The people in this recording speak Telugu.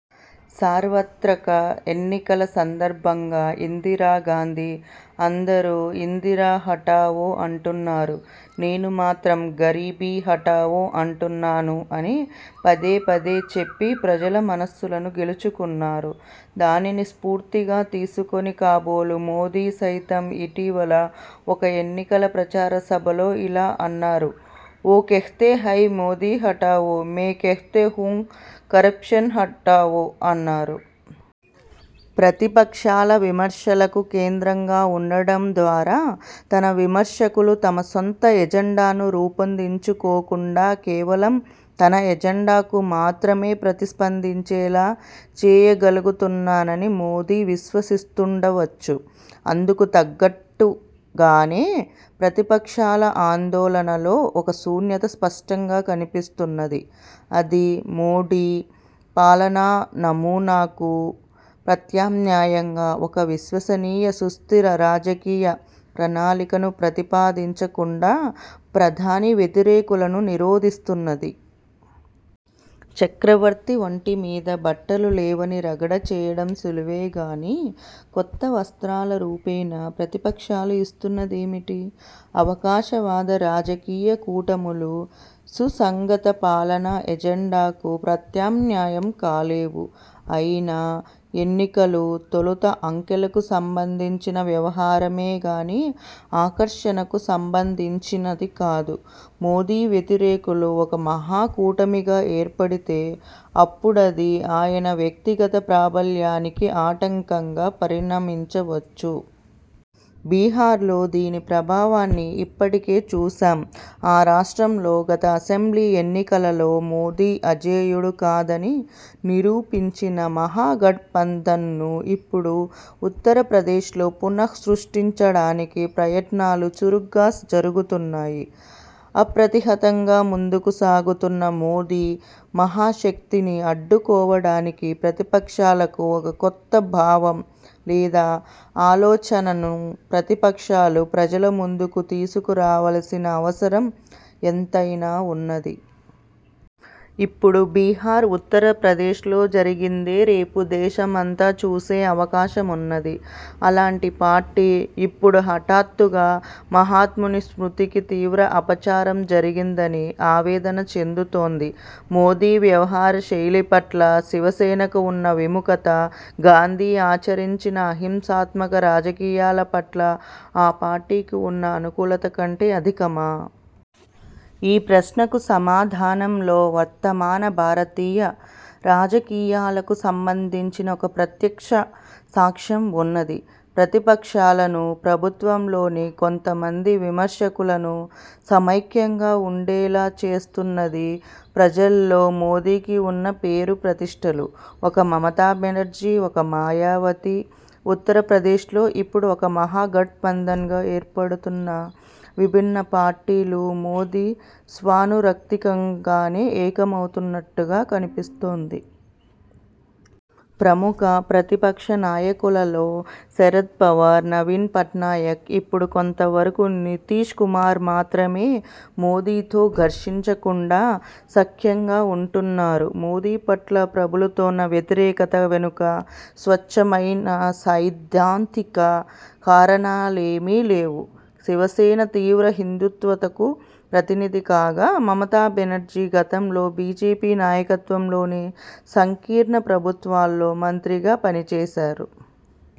సార్వత్రక ఎన్నికల సందర్భంగా ఇందిరాగాంధీ 'అందరూ ఇందిరా హఠావో అంటున్నారు. నేను మాత్రం గరీబీ హఠావో అంటున్నాను' అని పదేపదే చెప్పి ప్రజల మనస్సులను గెలుచుకున్నారు. దానిని స్ఫూర్తిగా తీసుకుని కాబోలు మోదీ సైతం ఇటీవల ఒక ఎన్నికల ప్రచార సభలో ఇలా అన్నారు: 'వో కెహ్తే హై మోదీ హటావో, మే కెహ్తా హూన్ కరప్షన్ హటావో' అన్నారు. ప్రతిపక్షాల విమర్శలకు కేంద్రంగా ఉండడం ద్వారా తన విమర్శకులు తమ సొంత ఎజెండాను రూపొందించుకోకుండా కేవలం తన ఎజెండాకు మాత్రమే ప్రతిస్పందించేలా చేయగలుగుతున్నానని మోదీ విశ్వసిస్తుండవచ్చు. అందుకు తగ్గట్టుగానే ప్రతిప క్షాల ఆందోళనలో ఒక శూన్యత స్పష్టంగా కన్పిస్తున్నది. అది, మోదీ పాలనానమూనాకు ప్రత్యామ్నాయంగా ఒక విశ్వసనీయ, సుస్థిర రాజకీయ ప్రణాళికను ప్రతిపాదించకుండా ప్రధాని వ్యతిరేకులను నిరోధిస్తున్నది. చక్రవర్తి ఒంటి మీద బట్టలు లేవని రగడ చేయడం సులువేగానీ, కొత్త వస్త్రాల రూపేణా ప్రతిపక్షాలు ఇస్తున్నదేమిటి? అవకాశవాద రాజకీయ కూటములు సుసంగత పాలనా ఎజెండాకు ప్రత్యామ్నాయం కాలేవు. అయినా ఎన్నికలు, తొలుత అంకెలకు సంబంధించిన వ్యవహారమే గానీ ఆకర్షణకు సంబంధించినది కాదు. మోదీ వ్యతిరేకులు ఒక 'మహా కూటమి'గా ఏర్పడితే అప్పుడది ఆయన వ్యక్తిగత ప్రాబల్యానికి ఆటంకంగా పరిణమించవచ్చు. బిహార్లో దీని ప్రభావాన్ని ఇప్పటికే చూశాం. ఆ రాష్ట్రంలో గత అసెంబ్లీ ఎన్నికలలో మోదీ అజేయుడు కాదని నిరూపించిన 'మహా గట్బంధన్'ను ఇప్పుడు ఉత్తరప్రదేశ్లో పునఃసృష్టించడానికి ప్రయత్నాలు చురుగ్గా జరుగుతున్నాయి. అప్రతిహతంగా ముందుకు సాగుతున్న మోదీ మహాశక్తిని అడ్డుకోవడానికి ప్రతిపక్షాలకు ఒక కొత్త భావం లేదా ఆలోచనను ప్రతిపక్షాలు ప్రజల ముందుకు తీసుకురావలసిన అవసరం ఎంతైనా వున్నది. ఇప్పుడు బిహార్, ఉత్తరప్రదేశ్లో జరిగిందే రేపు దేశమంతా చూసే అవకాశమున్నది. అలాంటి పార్టీ ఇప్పుడు హఠాత్తుగా మహాత్ముని స్మృతికి తీవ్ర అపచారం జరిగిందని ఆవేదన చెందుతోంది! మోదీ వ్యవహార శైలి పట్ల శివసేనకు ఉన్న విముఖత, గాంధీ ఆచరించిన అహింసాత్మక రాజకీయాల పట్ల ఆ పార్టీకి వున్న అనుకూలత కంటే అధికమా? ఈ ప్రశ్నకు సమాధానంలో వర్తమాన భారతీయ రాజకీయాలకు సంబంధించిన ఒక ప్రత్యక్ష సత్యం ఉన్నది: ప్రతిపక్షాలను, ప్రభుత్వంలోని కొంతమంది విమ ర్శకులను సమైక్యంగా ఉండేలా చేస్తున్నది ప్రజల్లో మోదీకి వున్న పేరు ప్రతిష్ఠలు. ఒక మమతా బెనర్జీ, ఒక మాయావతి, ఉత్తరప్రదేశ్లో ఇప్పుడు ఒక 'మహా–గట్బంధన్'గా ఏర్పడుతున్న విభిన్న పార్టీలు, మోదీ స్వానురక్తి కారణంగానే ఏకమవుతున్నట్టుగా కన్పిస్తోంది. ప్రముఖ ప్రతిపక్ష నాయకులలో శరద్ పవార్, నవీన్ పట్నాయక్, ఇప్పుడు కొంతవరకు నితీశ్ కుమార్ మాత్రమే మోదీతో ఘర్షించకుండా సఖ్యంగా ఉంటున్నారు. మోదీ పట్ల ప్రబలుతోన్న వ్యతిరేకత వెనుక స్వచ్ఛమైన సైద్ధాంతిక కారణాలేమీ లేవు. శివసేన తీవ్ర హిందూత్వకు ప్రతినిధి కాగా మమతాబెనర్జీ గతంలో బీజేపీ నాయకత్వంలోని సంకీర్ణ ప్రభుత్వాల్లో మంత్రిగా పనిచేశారు.